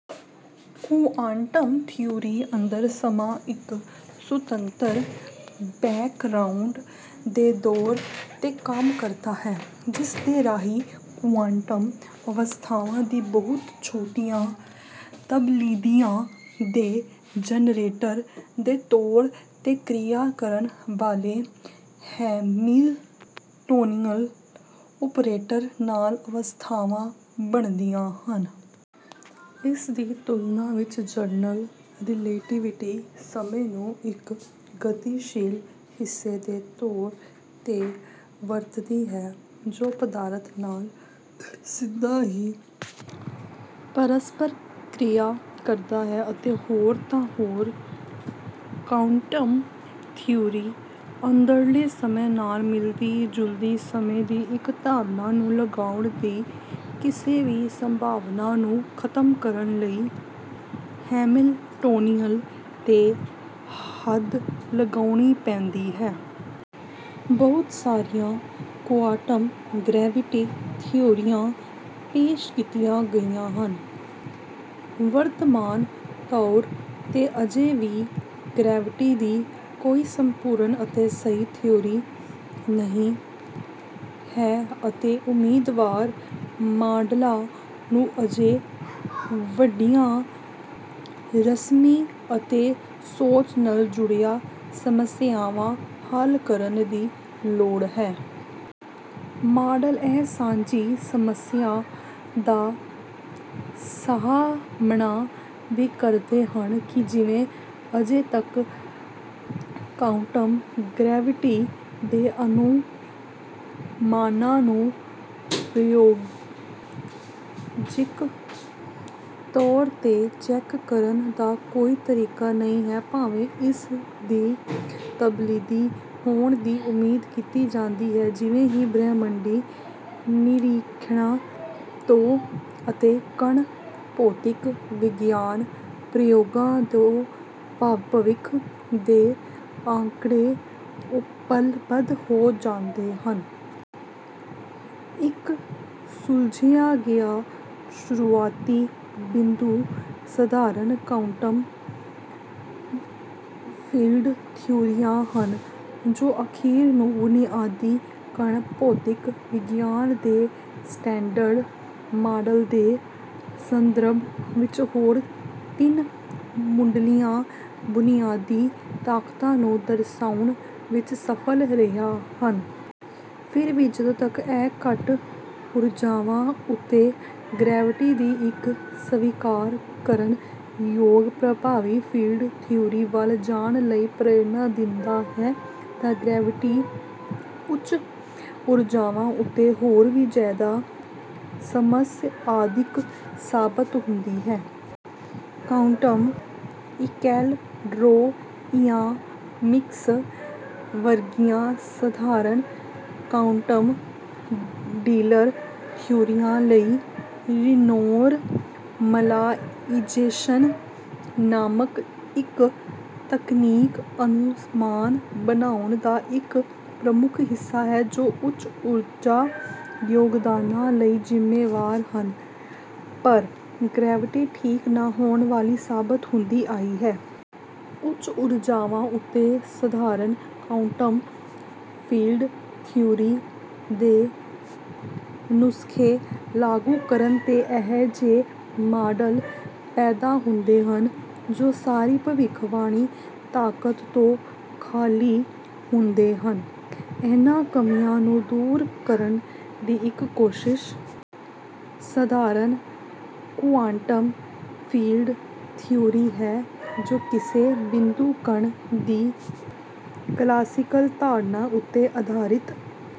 Quantum ਥਿਊਰੀਆਂ ਅੰਦਰ ਸਮਾਂ ਇੱਕ ਸੁਤੰਤਰ ਬੈਕਗ੍ਰਾਊਂਡ ਦੇ ਤੌਰ ਤੇ ਕੰਮ ਕਰਦਾ ਹੈ ਜਿਸਦੇ ਰਾਹੀਂ ਕੁਆਂਟਮ ਅਵਸਥਾਵਾਂ ਦੀਆਂ ਬਹੁਤ ਛੋਟੀਆਂ ਤਬਦੀਲੀਆਂ ਦੇ ਜਨਰੇਟਰ ਦੇ ਤੌਰ ਤੇ ਕ੍ਰਿਆ ਕਰਨ ਵਾਲੇ ਹੈਮਿਲਟੋਨੀਅਨ ਓਪਰੇਟਰ ਨਾਲ ਅਵਸਥਾਵਾਂ ਬਣਦੀਆਂ ਹਨ। ਇਸਦੀ ਤੁਲਨਾ ਵਿੱਚ ਜਨਰਲ ਰਿਲੇਟੀਵਿਟੀ ਸਮੇਂ ਨੂੰ ਇੱਕ ਗਤੀਸ਼ੀਲ ਹਿੱਸੇ ਦੇ ਤੌਰ ਤੇ ਵਰਤਦੀ ਹੈ ਜੋ ਪਦਾਰਥ ਨਾਲ ਸਿੱਧਾ ਹੀ ਪਰਸਪਰ ਕ੍ਰਿਆ ਕਰਦਾ ਹੈ ਅਤੇ ਹੋਰ ਤਾਂ ਹੋਰ ਕੁਆਂਟਮ ਥਿਊਰੀ ਅੰਦਰਲੇ ਸਮੇਂ ਨਾਲ ਮਿਲਦੀ ਜੁਲਦੀ ਸਮੇਂ ਦੀ ਇੱਕ ਧਾਰਨਾ ਨੂੰ ਲਗਾਉਣ ਦੀ ਕਿਸੇ ਵੀ ਸੰਭਾਵਨਾ ਨੂੰ ਖਤਮ ਕਰਨ ਲਈ ਹੈਮਿਲਟੋਨੀਅਨ ਤੇ ਹੱਦ ਲਗਾਉਣੀ ਪੈਂਦੀ ਹੈ। ਬਹੁਤ ਸਾਰੀਆਂ ਕੁਆਂਟਮ ਗਰੈਵਿਟੀ ਥਿਊਰੀਆਂ ਪੇਸ਼ ਕੀਤੀਆਂ ਗਈਆਂ ਹਨ। ਵਰਤਮਾਨ ਤੌਰ ਤੇ ਅਜੇ ਵੀ ਗਰੈਵਿਟੀ ਦੀ ਕੋਈ ਸੰਪੂਰਨ ਅਤੇ ਸਹੀ ਕੁਆਂਟਮ ਥਿਊਰੀ ਨਹੀਂ ਹੈ ਅਤੇ ਉਮੀਦਵਾਰ ਮਾਡਲਾਂ ਨੂੰ ਅਜੇ ਵੱਡੀਆਂ ਰਸਮੀ ਅਤੇ ਸੋਚ ਨਾਲ ਜੁੜੀਆਂ ਸਮੱਸਿਆਵਾਂ ਹੱਲ ਕਰਨ ਦੀ ਲੋੜ ਹੈ। ਮਾਡਲ ਇਹ ਸਾਂਝੀ ਸਮੱਸਿਆ ਦਾ ਸਾਹਮਣਾ ਵੀ ਕਰਦੇ ਹਨ ਕਿ ਜਿਵੇਂ ਅਜੇ ਤੱਕ ਕੁਆਂਟਮ ਗਰੈਵਿਟੀ ਦੇ ਅਨੁਮਾਨਾਂ ਨੂੰ ਪ੍ਰਯੋਗਿਕ ਤੌਰ ਤੇ ਚੈੱਕ ਕਰਨ ਦਾ ਕੋਈ ਤਰੀਕਾ ਨਹੀਂ ਹੈ ਭਾਵੇਂ ਇਸ ਦੀ ਤਬਦੀਲੀ ਹੋਣ ਦੀ ਉਮੀਦ ਕੀਤੀ ਜਾਂਦੀ ਹੈ ਜਿਵੇਂ ਹੀ ਬ੍ਰਹਿਮੰਡੀ ਨਿਰੀਖਣਾਂ ਤੋਂ ਅਤੇ ਕਣ ਭੌਤਿਕ ਵਿਗਿਆਨ ਪ੍ਰਯੋਗਾਂ ਤੋਂ ਭਵਿੱਖ ਦੇ ਆਂਕੜੇ ਉਪਲਬਧ ਹੋ ਜਾਂਦੇ ਹਨ। ਇੱਕ ਸੁਝਾਇਆ ਗਿਆ ਸ਼ੁਰੂਆਤੀ ਬਿੰਦੂ ਸਧਾਰਨ ਕੁਆਂਟਮ ਫੀਲਡ ਥਿਊਰੀਆਂ ਹਨ ਜੋ ਆਖਿਰ ਨੂੰ ਬੁਨਿਆਦੀ ਕਣ ਭੌਤਿਕ ਵਿਗਿਆਨ ਦੇ ਸਟੈਂਡਰਡ ਮਾਡਲ ਦੇ ਸੰਦ੍ਰਭ ਵਿੱਚ ਹੋਰ ਤਿੰਨ ਮੁਢਲੀਆਂ ਬੁਨਿਆਦੀ ਤਾਕਤਾਂ ਨੂੰ ਦਰਸਾਉਣ ਵਿੱਚ ਸਫਲ ਰਹੀਆਂ ਹਨ। ਫਿਰ ਵੀ ਜਦੋਂਕਿ ਇਹ ਘੱਟ ਊਰਜਾਵਾਂ ਉੱਤੇ ਗਰੈਵਿਟੀ ਦੀ ਇੱਕ ਸਵੀਕਾਰ ਕਰਨ ਯੋਗ ਪ੍ਰਭਾਵੀ ਫੀਲਡ ਥਿਊਰੀ ਵੱਲ ਜਾਣ ਲਈ ਪ੍ਰੇਰਣਾ ਦਿੰਦਾ ਹੈ ਤਾਂ ਗਰੈਵਿਟੀ ਉੱਚ ਊਰਜਾਵਾਂ ਉੱਤੇ ਹੋਰ ਵੀ ਜਿਆਦਾ ਸਮੱਸਿਆਦਾਇਕ ਸਾਬਤ ਹੁੰਦੀ ਹੈ। ਕੁਆਂਟਮ ਇਲੈਕਟ੍ਰੋਡਾਇਨਾਮਿਕਸ ਵਰਗੀਆਂ ਸਧਾਰਨ ਕੁਆਂਟਮ ਫੀਲਡ ਥਿਊਰੀਆਂ ਲਈ ਰੀਨੌਰਮਲਾਇਜ਼ੇਸ਼ਨ ਨਾਮਕ ਇੱਕ ਤਕਨੀਕ ਅਨੁਮਾਨ ਬਣਾਉਣ ਦਾ ਇੱਕ ਪ੍ਰਮੁੱਖ ਹਿੱਸਾ ਹੈ ਜੋ ਉੱਚ ਊਰਜਾ ਯੋਗਦਾਨਾਂ ਲਈ ਜਿੰਮੇਵਾਰ ਹਨ ਪਰ ਗਰੈਵਿਟੀ ਠੀਕ ਨਾ ਹੋਣ ਵਾਲੀ ਸਾਬਤ ਹੁੰਦੀ ਆਈ ਹੈ। ਉੱਚ ਊਰਜਾਵਾਂ ਉੱਤੇ ਸਧਾਰਨ ਕੁਆਂਟਮ ਫੀਲਡ ਥਿਊਰੀ ਦੇ ਨੁਸਖੇ ਲਾਗੂ ਕਰਨ ਤੇ ਅਜਿਹੇ ਮਾਡਲ ਪੈਦਾ ਹੁੰਦੇ ਹਨ ਜੋ ਸਾਰੀ ਭਵਿੱਖਬਾਣੀ ਤਾਕਤ ਤੋਂ ਖਾਲੀ ਹੁੰਦੇ ਹਨ। ਇਹਨਾਂ ਕਮੀਆਂ ਨੂੰ ਦੂਰ ਕਰਨ ਦੀ ਇੱਕ ਕੋਸ਼ਿਸ਼ ਸਧਾਰਨ ਕੁਆਂਟਮ ਫੀਲਡ ਥਿਊਰੀ ਹੈ ਜੋ ਕਿਸੇ ਬਿੰਦੂ ਕਣ ਦੀ ਕਲਾਸੀਕਲ ਧਾਰਨਾ ਉੱਤੇ ਅਧਾਰਿਤ